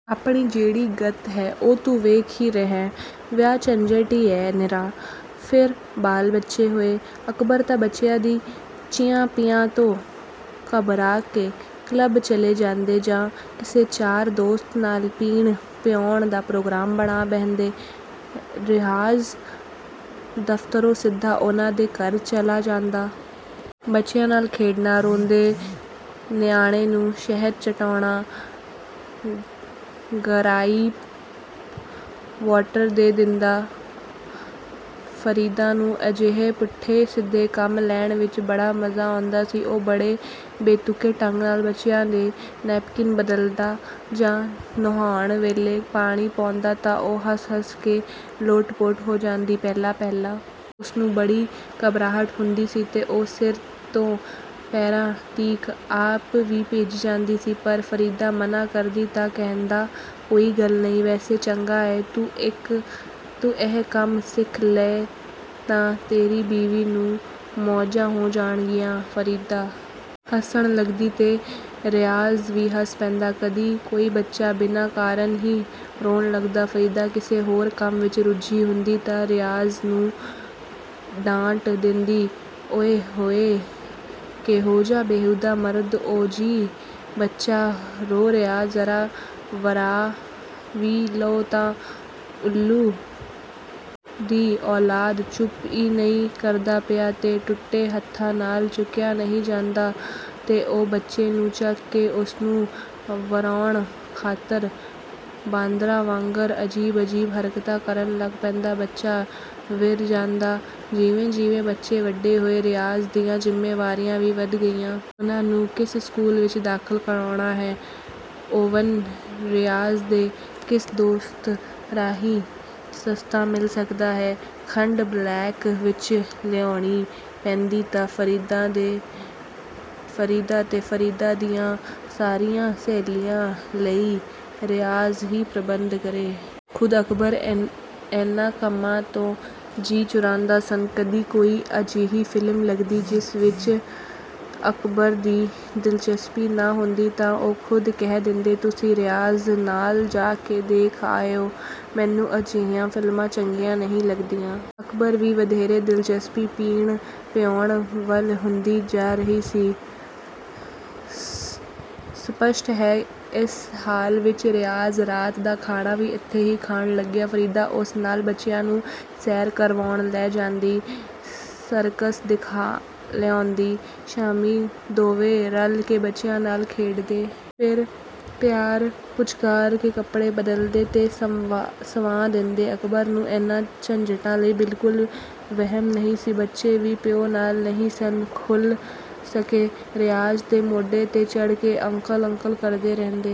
ਆਪਣੀ ਜਿਹੜੀ ਗੱਤ ਹੈ, ਉਹ ਤੂੰ ਵੇਖ ਈ ਰਿਹੈਂ, ਵਿਆਹ ਝੰਜਟ ਈ ਐ ਨਿਰਾ। ਫੇਰ ਬਾਲ-ਬੱਚੇ ਹੋਏ। ਅਕਬਰ ਤਾਂ ਬੱਚਿਆਂ ਦੀ 'ਚਿਆਂ-ਪਿਆਂ' ਤੋਂ ਘਬਰਾ ਕੇ ਕਲੱਬ ਚਲੇ ਜਾਂਦੇ ਜਾਂ ਕਿਸੇ ਯਾਰ ਦੋਸਤ ਨਾਲ ਪੀਣ-ਪਿਆਉਣ ਦਾ ਪ੍ਰੋਗਰਾਮ ਬਣਾ ਬਹਿੰਦੇ, ਰਿਆਜ਼ ਦਫ਼ਤਰੋਂ ਸਿੱਧਾ ਉਹਨਾਂ ਦੇ ਘਰ ਚਲਾ ਜਾਂਦਾ। ਬੱਚਿਆਂ ਨਾਲ ਖੇਡਦਾ, ਰੋਂਦੇ ਨਿਆਣੇ ਨੂੰ ਸ਼ਹਿਦ ਚਟਾਉਂਦਾ, ਗਰਾਈਪ ਵਾਟਰ ਦੇ ਦਿੰਦਾ। ਫਰੀਦਾ ਨੂੰ ਅਜਿਹੇ ਪੁੱਠੇ ਸਿੱਧੇ ਕੰਮ ਲੈਣ ਵਿਚ ਬੜਾ ਮਜ਼ਾ ਆਉਂਦਾ ਸੀ। ਉਹ ਬੜੇ ਬੇਤੁਕੇ ਢੰਗ ਨਾਲ ਬੱਚਿਆਂ ਦੇ ਨੇਪਕਿਨ ਬਦਲਦਾ ਜਾਂ ਨੁਹਾਉਣ ਵੇਲੇ ਪਾਣੀ ਪਾਉਂਦਾ ਤਾਂ ਉਹ ਹੱਸ-ਹੱਸ ਕੇ ਲੋਟਪੋਟ ਹੋ ਜਾਂਦੀ। ਪਹਿਲਾਂ-ਪਹਿਲਾਂ ਉਸਨੂੰ ਬੜੀ ਘਬਰਾਹਟ ਹੁੰਦੀ ਸੀ ਤੇ ਉਹ ਸਿਰ ਤੋਂ ਪੈਰਾਂ ਤੀਕ ਆਪ ਵੀ ਭਿੱਜ ਜਾਂਦਾ ਸੀ, ਪਰ ਫਰੀਦਾ ਮਨ੍ਹਾਂ ਕਰਦੀ ਤਾਂ ਕਹਿੰਦਾ, "ਕੋਈ ਗੱਲ ਨਹੀਂ।" "ਵੈਸੇ ਚੰਗਾ ਏ, ਤੂੰ ਇਹ ਕੰਮ ਸਿੱਖ ਲਏਂ ਤਾਂ ਤੇਰੀ ਬੀਵੀ ਨੂੰ ਮੌਜਾਂ ਹੋ ਜਾਣਗੀਆਂ।"ਫਰੀਦਾ ਹੱਸਣ ਲੱਗਦੀ ਤੇ ਰਿਆਜ਼ ਵੀ ਹੱਸ ਪੈਂਦਾ। ਕਦੀ ਕੋਈ ਬੱਚਾ ਬਿਨਾਂ ਕਾਰਨ ਹੀ ਰੋਣ ਲੱਗਦਾ, ਫਰੀਦਾ ਕਿਸੇ ਹੋਰ ਕੰਮ ਵਿਚ ਰੁੱਝੀ ਹੁੰਦੀ ਤਾਂ ਰਿਆਜ਼ ਨੂੰ ਡਾਂਟ ਦੇਂਦੀ, "ਓਇ ਹੋਇ ਕੇਹੋਜਾ ਬੇਹੂਦਾ ਮਰਦ ਓ-ਜੀ, ਬੱਚਾ ਰੋ ਰਿਹੈ, ਜ਼ਰਾ ਵਰਾਅ ਵੀ ਲਓ ਨਾ।""ਉੱਲੂ ਦੀ ਔਲਾਦ ਚੁੱਪ ਈ ਨਹੀਂ ਕਰਦਾ ਪਿਆ।" "ਤੇ ਟੁੱਟੇ ਹੱਥਾਂ ਨਾਲ ਚੁੱਕਿਆ ਨਹੀਂ ਜਾਂਦਾ?"ਤੇ ਉਹ ਬੱਚੇ ਨੂੰ ਚੁੱਕ ਕੇ ਉਸਨੂੰ ਵਰਾਉਣ ਖਾਤਰ ਬਾਂਦਰਾਂ ਵਾਂਗਰ ਅਜੀਬ-ਅਜੀਬ ਹਰਕਤਾਂ ਕਰਨ ਲੱਗ ਪੈਂਦਾ, ਬੱਚਾ ਵਿਰ ਜਾਂਦਾ। ਜਿਵੇਂ-ਜਿਵੇਂ ਬੱਚੇ ਵੱਡੇ ਹੋਏ ਰਿਆਜ਼ ਦੀਆਂ ਜ਼ਿੰਮੇਵਾਰੀਆਂ ਵੀ ਵਧ ਗਈਆਂ। ਉਹਨਾਂ ਨੂੰ ਕਿਸ ਸਕੂਲ ਵਿਚ ਦਾਖ਼ਲ ਕਰਵਾਉਣਾ ਹੈ? ਓਵਨ ਰਿਆਜ਼ ਦੇ ਕਿਸ ਦੋਸਤ ਰਾਹੀਂ ਸਸਤਾ ਮਿਲ ਸਕਦਾ ਹੈ? ਖੰਡ ਬਲੈਕ ਵਿਚ ਲਿਆਉਣੀ ਪੈਂਦੀ ਤਾਂ ਫਰੀਦਾ ਤੇ ਫਰੀਦਾ ਦੀਆਂ ਸਾਰੀਆਂ ਸਹੇਲੀਆਂ ਲਈ ਰਿਆਜ਼ ਹੀ ਪ੍ਰਬੰਧ ਕਰੇ। ਖ਼ੁਦ ਅਕਬਰ ਇਹਨਾਂ ਕੰਮਾਂ ਤੋਂ ਜੀਅ ਚੁਰਾਉਂਦੇ ਸਨ। ਕਦੀ ਕੋਈ ਅਜਿਹੀ ਫ਼ਿਲਮ ਲੱਗਦੀ, ਜਿਸ ਵਿਚ ਅਕਬਰ ਦੀ ਦਿਲਚਸਪੀ ਨਾ ਹੁੰਦੀ ਤਾਂ ਉਹ ਖ਼ੁਦ ਕਹਿ ਦੇਂਦੇ, "ਤੁਸੀਂ ਰਿਆਜ਼ ਨਾਲ ਜਾ ਕੇ ਦੇਖ ਆਇਓ, ਮੈਨੂੰ ਅਜਿਹੀਆਂ ਫ਼ਿਲਮਾਂ ਚੰਗੀਆਂ ਨਹੀਂ ਲੱਗਦੀਆਂ।" ਅਕਬਰ ਦੀ ਵਧੇਰੇ ਦਿਲਚਸਪੀ ਪੀਣ-ਪਿਆਉਣ ਵੱਲ ਹੁੰਦੀ ਜਾ ਰਹੀ ਸੀ। ਸਪਸ਼ਟ ਹੈ ਇਸ ਹਾਲ ਵਿਚ ਰਿਆਜ਼ ਰਾਤ ਦਾ ਖਾਣਾ ਵੀ ਇੱਥੇ ਹੀ ਖਾਣ ਲੱਗਿਆ। ਫਰੀਦਾ ਉਸ ਨਾਲ ਬੱਚਿਆਂ ਨੂੰ ਸੈਰ ਕਰਵਾਉਣ ਲੈ ਜਾਂਦੀ, ਸਰਕਸ ਦਿਖਾ ਲਿਆਉਂਦੀ, ਸ਼ਾਮੀਂ ਦੋਵੇਂ ਰਲ ਕੇ ਬੱਚਿਆਂ ਨਾਲ ਖੇਡਦੇ। ਫੇਰ ਪਿਆਰ-ਪੁਚਕਾਰ ਕੇ ਕੱਪੜੇ ਬਦਲਦੇ ਤੇ ਸੰਵਾਅ ਦੇਂਦੇ। ਅਕਬਰ ਨੂੰ ਇਹਨਾਂ ਝੰਜਟਾਂ ਲਈ ਬਿਲਕੁਲ ਵਿਹਲ ਨਹੀਂ ਸੀ। ਬੱਚੇ ਵੀ ਪਿਓ ਨਾਲ ਨਹੀਂ ਸਨ ਖੁੱਲ੍ਹ ਸਕੇ। ਰਿਆਜ਼ ਦੇ ਮੋਢੇ 'ਤੇ ਚੱੜ੍ਹ ਕੇ 'ਅੰਕਲ-ਅੰਕਲ' ਕਰਦੇ ਰਹਿੰਦੇ।